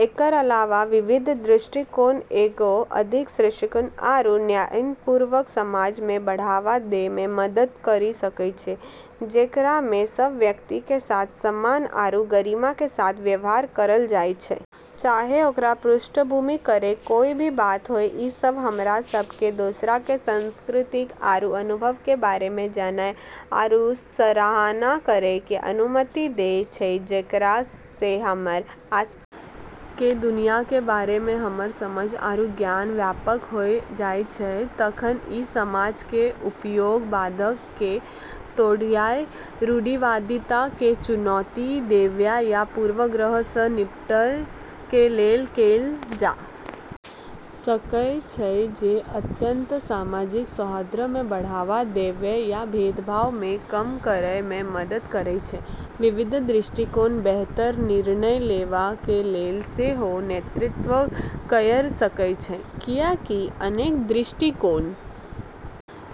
एकरऽ अलावा विविध दृष्टिकोण एगो अधिक सहिष्णु आरू न्यायपूर्ण समाज के बढ़ावा दै मे मदद करी सकै छै जेकरा मे सब व्यक्ति के साथ सम्मान आरू गरिमा के साथ व्यवहार करलऽ जाय छै, चाहे ओकरऽ पृष्ठभूमि केरऽ कोय भी बात होय, ई सब हमरा सब के दोसरऽ के संस्कृति आरू अनुभव के बारे मे जानय आरू सराहना करै के अनुमति दै छै जेकरा से हमरऽ आसपास के दुनिया के बारे मे हमरऽ समझ आरू ज्ञान व्यापक होय जाय छै तखन इ समझ कें उपयोग बाधाक कें तोड़य, रूढ़िवादिता कें चुनौती देवय आ पूर्वाग्रह सं निपटय कें लेल कैल जा सकय छै जे अंतत: सामाजिक सौहार्द कें बढ़ावा देवय आ भेदभाव कें कम करय मे मदद करय छै विविध दृष्टिकोण बेहतर निर्णय लेवा कें लेल सेहो नेतृत्व कयर सकय छै, कियाकि अनेक दृष्टिकोण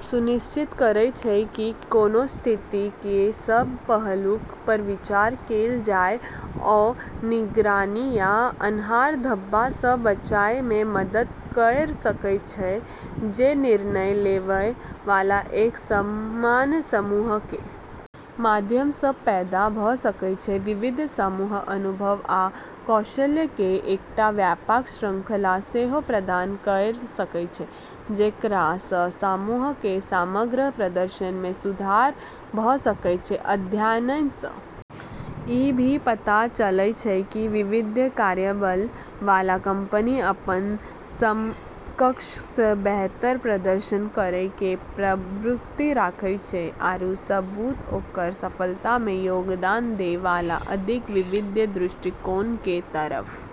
सुनिश्चित करय छै कि कोनों स्थिति कें सब पहलुअक पर विचार कैल जाय ओ निगरानी या आन्हर धब्बा सं बचय मे मदद कयर सकय छै जे निर्णय लेवय वाला एक समान समूह कें माध्यम सं पैदा भ सकय छै, विविध समूहक अनुभव आ कौशल कें एकटा व्यापक श्रृंखला सेहो प्रदान कयर सकय छै, जेकरा सं समूह कें समग्र प्रदर्शन मे सुधार भ सकय छै, अध्ययनऽ से ई भी पता चललै छै कि विविध कार्यबल वाला कंपनी अपनऽ समकक्षऽ से बेहतर प्रदर्शन करै के प्रवृत्ति रखै छै आरू सबूत ओकरऽ सफलता मे योगदान दै वाला अधिक विविध दृष्टिकोण के तरफ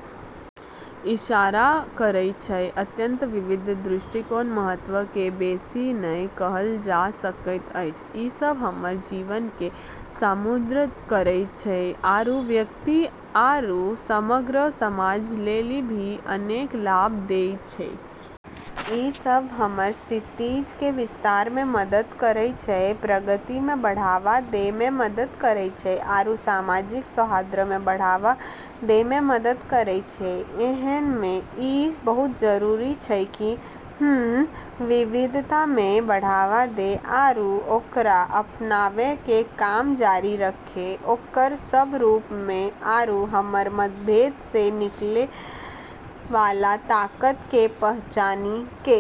इशारा करै छै, अंततः विविध दृष्टिकोणक महत्व केँ बेसी नहि कहल जा सकैत अछि, ई सब हमरऽ जीवन के समृद्ध करै छै आरू व्यक्ति आरू समग्र समाज लेली भी अनेक लाभ दै छै, ई सब हमरऽ क्षितिज के विस्तार मे मदद करै छै, प्रगति के बढ़ावा दै मे मदद करै छै आरू सामाजिक सौहार्द के बढ़ावा दै मे मदद करै छै, ऐन्हऽ मे ई बहुत जरूरी छै कि हम्म विविधता के बढ़ावा दै आरू ओकरा अपनाबै के काम जारी रखै ओकरऽ सब रूप मे आरू हमरऽ मतभेद से निकलै वाला ताकत के पहचानी के।